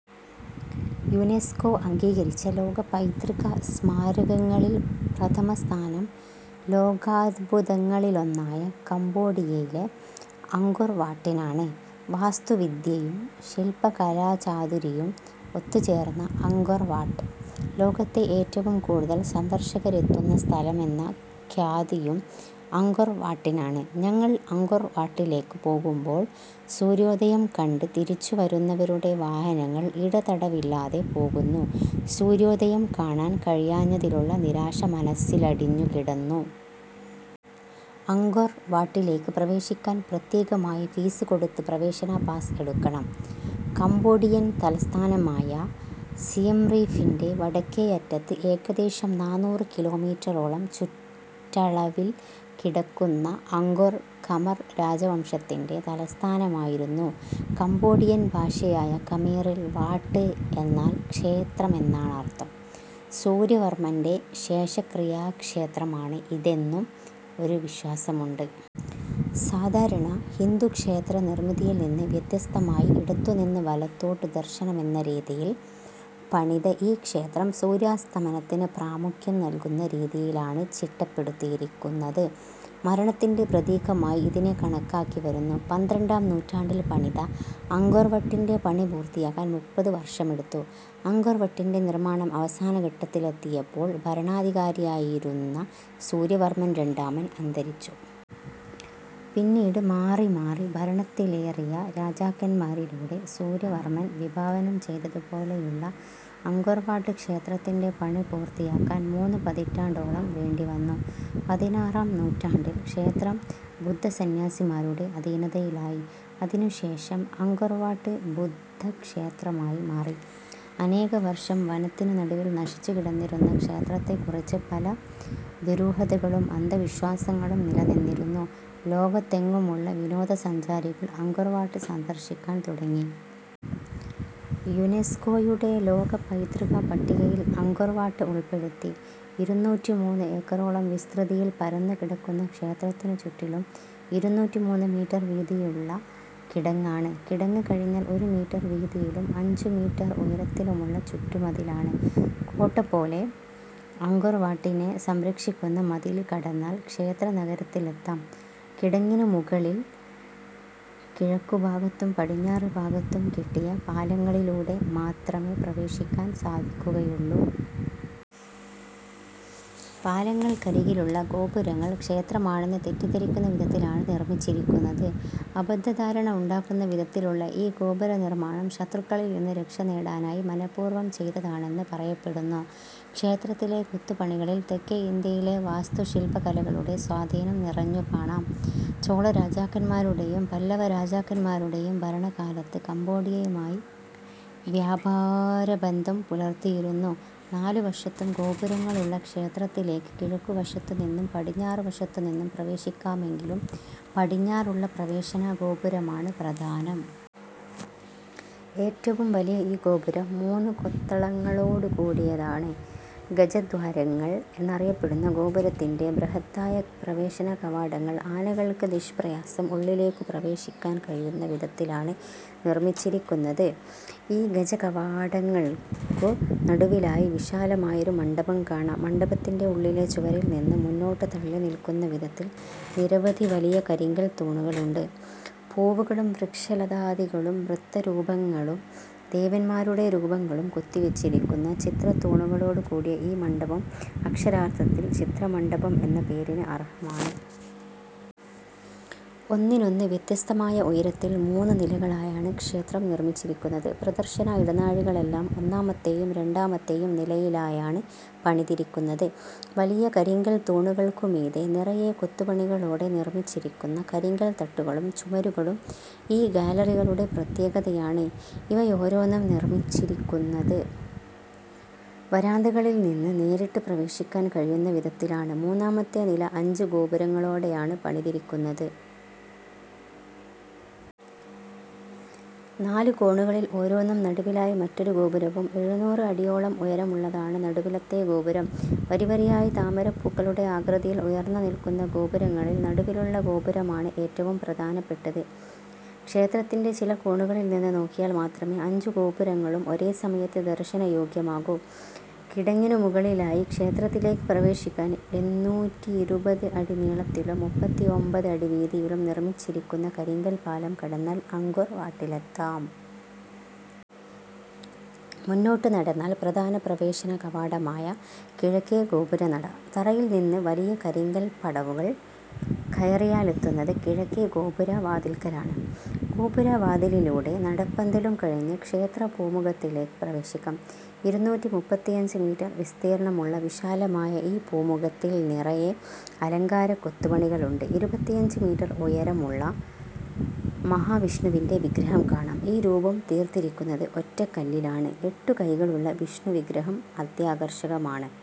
UNESCO അംഗീകരിച്ച ലോക പൈതൃകസ്മാരകങ്ങളിൽ പ്രഥമസ്ഥാനം ലോകാദ്ഭുതങ്ങളിലൊന്നായ കംബോഡിയയിലെ അങ്കൊർ വാട്ടിനാണ്. വാസ്തുവിദ്യയും ശില്പകലാചാതുരിയും ഒത്തുചേർന്ന അങ്കൊർ വാട്ട്. ലോകത്തെ ഏറ്റവും കൂടുതൽ സന്ദർശകരെത്തുന്ന സ്ഥലമെന്ന ഖ്യാതിയും അങ്കൊർ വാട്ടിനാണ്. ഞങ്ങൾ അങ്കൊർ വാട്ടിലേക്കു പോകുമ്പോൾ സൂര്യോദയം കണ്ട് തിരിച്ചുവരുന്നവരുടെ വാഹനങ്ങൾ ഇടതടവില്ലാതെ പോകുന്നു. സൂര്യോദയം കാണാൻ കഴിയാഞ്ഞതിലുള്ള നിരാശ മനസ്സിലടിഞ്ഞുകിടന്നു. അങ്കൊർ വാട്ടിലേക്ക് പ്രവേശിക്കാൻ പ്രത്യേകമായി ഫീസ് കൊടുത്ത് പ്രവേശന പാസ് എടുക്കണം. കംബോഡിയൻ തലസ്ഥാനമായ സിയെംറീഫിന്റെ വടക്കേയറ്റത്ത് ഏകദേശം നാനൂറ് കിലോമീറ്ററോളം ചുറ്റളവിൽക്കിടക്കുന്ന അങ്കൊർ, ഖമർ രാജവംശത്തിന്‍റെ തലസ്ഥാനമായിരുന്നു. കംബോഡിയൻ ഭാഷയായ ഖമീറിൽ ' വാട്ട് ' എന്നാൽ ക്ഷേത്രമെന്നാണർഥം. സൂര്യവർമന്റെ ശേഷക്രിയാക്ഷേത്രമാണ് ഇതെന്നും ഒരു വിശ്വാസമുണ്ട്. സാധാരണ ഹിന്ദുക്ഷേത്രനിർമിതിയിൽനിന്ന് വ്യത്യസ്തമായി ഇടത്തുനിന്ന് വലത്തോട്ട് ദർശനമെന്ന രീതിയിൽ പണിത ഈ ക്ഷേത്രം സൂര്യാസ്തമനത്തിന് പ്രാമുഖ്യം നൽകുന്ന രീതിയിലാണ് ചിട്ടപ്പെടുത്തിയിരിക്കുന്നത്. മരണത്തിന്‍റെ പ്രതീകമായി ഇതിനെ കണക്കാക്കിവരുന്നു. പന്ത്രണ്ടാം നൂറ്റാണ്ടിൽ പണിത അങ്കൊർ വട്ടിന്‍റെ പണി പൂർത്തിയാക്കാൻ മുപ്പത് വർഷമെടുത്തു. അങ്കൊർ വട്ടിന്‍റെ നിർമാണം അവസാനഘട്ടത്തിലെത്തിയപ്പോൾ ഭരണാധികാരിയായിരുന്ന സൂര്യവർമൻ രണ്ടാമൻ അന്തരിച്ചു. പിന്നീട് മാറിമാറി ഭരണത്തിലേറിയ രാജാക്കന്മാരിലൂടെ, സൂര്യവർമൻ വിഭാവനംചെയ്തതുപോലെയുള്ള അങ്കൊർ വാട്ട് ക്ഷേത്രത്തിന്റെ പണി പൂർത്തിയാക്കാൻ മൂന്നുപതിറ്റാണ്ടോളം വേണ്ടിവന്നു. പതിനാറാം നൂറ്റാണ്ടിൽ ക്ഷേത്രം ബുദ്ധസന്ന്യാസിമാരുടെ അധീനതയിലായി. അതിനുശേഷം അങ്കൊർ വാട്ട് ബുദ്ധക്ഷേത്രമായി മാറി. അനേകവർഷം വനത്തിനു നടുവിൽ നശിച്ചുകിടന്നിരുന്ന ക്ഷേത്രത്തെക്കുറിച്ച് പല ദുരൂഹതകളും അന്ധവിശ്വാസങ്ങളും നിലനിന്നിരുന്നു. ലോകത്തെങ്ങുമുള്ള വിനോദസഞ്ചാരികൾ അങ്കൊർ വാട്ട് സന്ദർശിക്കാൻ തുടങ്ങി. യുനെസ്കോയുടെ ലോക പൈതൃകപ്പട്ടികയിൽ അങ്കൊർവാട്ട് ഉൾപ്പെടുത്തി. ഇരുന്നൂറ്റിമൂന്ന് ഏക്കറോളം വിസ്തൃതിയിൽ പരന്നുകിടക്കുന്ന ക്ഷേത്രത്തിനുചുറ്റിലും ഇരുന്നൂറ്റിമൂന്ന് മീറ്റർ വീതിയുള്ള കിടങ്ങാണ്. കിടങ്ങ് കഴിഞ്ഞാൽ ഒരു മീറ്റർ വീതിയിലും അഞ്ചുമീറ്റർ ഉയരത്തിലുമുള്ള ചുറ്റുമതിലാണ്. കോട്ടപോലെ, അങ്കൊർവാട്ടിനെ സംരക്ഷിക്കുന്ന മതിൽ കടന്നാൽ ക്ഷേത്രനഗരത്തിലെത്താം. കിടങ്ങിനു മുകളിൽ കിഴക്കുഭാഗത്തും പടിഞ്ഞാറുഭാഗത്തും കെട്ടിയ പാലങ്ങളിലൂടെ മാത്രമേ പ്രവേശിക്കാൻ സാധിക്കുകയുള്ളൂ. പാലങ്ങൾക്കരികിലുള്ള ഗോപുരങ്ങൾ ക്ഷേത്രമാണെന്ന് തെറ്റിദ്ധരിക്കുന്ന വിധത്തിലാണ് നിർമിച്ചിരിക്കുന്നത്. അബദ്ധധാരണ ഉണ്ടാക്കുന്ന വിധത്തിലുള്ള ഈ ഗോപുരനിർമാണം ശത്രുക്കളിൽനിന്ന് രക്ഷനേടാനായി മനഃപൂർവം ചെയ്തതാണെന്ന് പറയപ്പെടുന്നു. ക്ഷേത്രത്തിലെ കൊത്തുപണികളിൽ തെക്കെ ഇന്ത്യയിലെ വാസ്തുശില്പകലകളുടെ സ്വാധീനം നിറഞ്ഞുകാണാം. ചോളരാജാക്കന്മാരുടെയും പല്ലവരാജാക്കന്മാരുടെയും ഭരണകാലത്ത് കംബോഡിയയുമായി വ്യാപാരബന്ധം പുലർത്തിയിരുന്നു. നാലുവശത്തും ഗോപുരങ്ങളുള്ള ക്ഷേത്രത്തിലേക്ക് കിഴക്കുവശത്തുനിന്നും പടിഞ്ഞാറുവശത്തുനിന്നും പ്രവേശിക്കാമെങ്കിലും പടിഞ്ഞാറുള്ള പ്രവേശനഗോപുരമാണ് പ്രധാനം. ഏറ്റവും വലിയ ഈ ഗോപുരം മൂന്നു കൊത്തളങ്ങളോടുകൂടിയതാണ്. ഗജദ്വാരങ്ങൾ എന്നറിയപ്പെടുന്ന ഗോപുരത്തിന്റെ ബൃഹത്തായ പ്രവേശനകവാടങ്ങൾ ആനകൾക്ക് നിഷ്പ്രയാസം ഉള്ളിലേക്കു പ്രവേശിക്കാൻ കഴിയുന്ന വിധത്തിലാണ് നിർമിച്ചിരിക്കുന്നത്. ഈ ഗജകവാടങ്ങൾക്കു നടുവിലായി വിശാലമായൊരു മണ്ഡപം കാണാം. മണ്ഡപത്തിന്‍റെ ഉള്ളിലെ ചുവരിൽനിന്ന് മുന്നോട്ടു തള്ളിനിൽക്കുന്നവിധത്തിൽ നിരവധി വലിയ കരിങ്കൽത്തൂണുകളുണ്ട്. പൂവുകളും വൃക്ഷലതാദികളും നൃത്തരൂപങ്ങളും ദേവന്മാരുടെ രൂപങ്ങളും കൊത്തിവെച്ചിരിക്കുന്ന, ചിത്രത്തൂണുകളോടുകൂടിയ ഈ മണ്ഡപം അക്ഷരാർഥത്തിൽ ചിത്രമണ്ഡപം എന്ന പേരിന് അർഹമാണ്. ഒന്നിനൊന്ന് വ്യത്യസ്തമായ ഉയരത്തിൽ മൂന്നുനിലകളായാണ് ക്ഷേത്രം നിർമിച്ചിരിക്കുന്നത്. പ്രദർശന ഇടനാഴികളെല്ലാം ഒന്നാമത്തെയും രണ്ടാമത്തെയും നിലയിലായാണ് പണിതിരിക്കുന്നത്. വലിയ കരിങ്കൽത്തൂണുകൾക്കു മീതെ നിറയെ കൊത്തുപണികളോടെ നിർമിച്ചിരിക്കുന്ന കരിങ്കൽത്തട്ടുകളും ചുമരുകളും ഈ ഗാലറികളുടെ പ്രത്യേകതയാണ്. ഇവയോരോന്നും നിർമിച്ചിരിക്കുന്നത്, വരാന്തകളിൽനിന്ന് നേരിട്ട് പ്രവേശിക്കാൻ കഴിയുന്ന വിധത്തിലാണ്. മൂന്നാമത്തെ നില അഞ്ചുഗോപുരങ്ങളോടെയാണ് പണിതിരിക്കുന്നത്. നാലു കോണുകളിൽ ഓരോന്നും നടുവിലായി മറ്റൊരു ഗോപുരവും. എഴുനൂറ് അടിയോളം ഉയരമുള്ളതാണ് നടുവിലത്തെ ഗോപുരം. വരിവരിയായി താമരപ്പൂക്കളുടെ ആകൃതിയിൽ ഉയർന്നുനിൽക്കുന്ന ഗോപുരങ്ങളിൽ നടുവിലുള്ള ഗോപുരമാണ് ഏറ്റവും പ്രധാനപ്പെട്ടത്. ക്ഷേത്രത്തിന്‍റെ ചില കോണുകളിൽനിന്ന് നോക്കിയാൽ മാത്രമേ അഞ്ചു ഗോപുരങ്ങളും ഒരേസമയത്ത് ദർശനയോഗ്യമാകൂ. കിടങ്ങിനുമുകളിലായി ക്ഷേത്രത്തിലേക്ക് പ്രവേശിക്കാൻ എന്നൂറ്റിയിരുപത് അടി നീളത്തിലും മൂപ്പത്തിഒമ്പത് അടി വീതിയിലും നിർമിച്ചിരിക്കുന്ന കരിങ്കൽപ്പാലം കടന്നാൽ അങ്കൊർ വാട്ടിലെത്താം. മുന്നോട്ടു നടന്നാൽ പ്രധാന പ്രവേശനകവാടമായ കിഴക്കേ ഗോപുരനട. തറയിൽനിന്ന് വലിയ കരിങ്കൽപ്പടവുകൾ കയറിയാലെത്തുന്നത് കിഴക്കേ ഗോപുരവാതിൽക്കലാണ്. ഗോപുരവാതിലിലൂടെ നടപ്പന്തലും കഴിഞ്ഞ് ക്ഷേത്രപൂമുഖത്തിലേക്ക് പ്രവേശിക്കാം. ഇരുന്നൂറ്റിമൂപ്പത്തിയഞ്ച് മീറ്റർ വിസ്തീർണമുള്ള വിശാലമായ ഈ പുമുഖത്തിൽ നിറയെ അലങ്കാരക്കൊത്തുപണികളുണ്ട്. ഇരുപത്തിയഞ്ച് മീറ്റർ ഉയരമുള്ള, മഹാവിഷ്ണുവിന്‍റെ വിഗ്രഹം കാണാം. ഈ രൂപം തീർത്തിരിക്കുന്നത് ഒറ്റക്കല്ലിലാണ്. എട്ടു കൈകളുള്ള വിഷ്ണുവിഗ്രഹം അത്യാകർഷകമാണ്.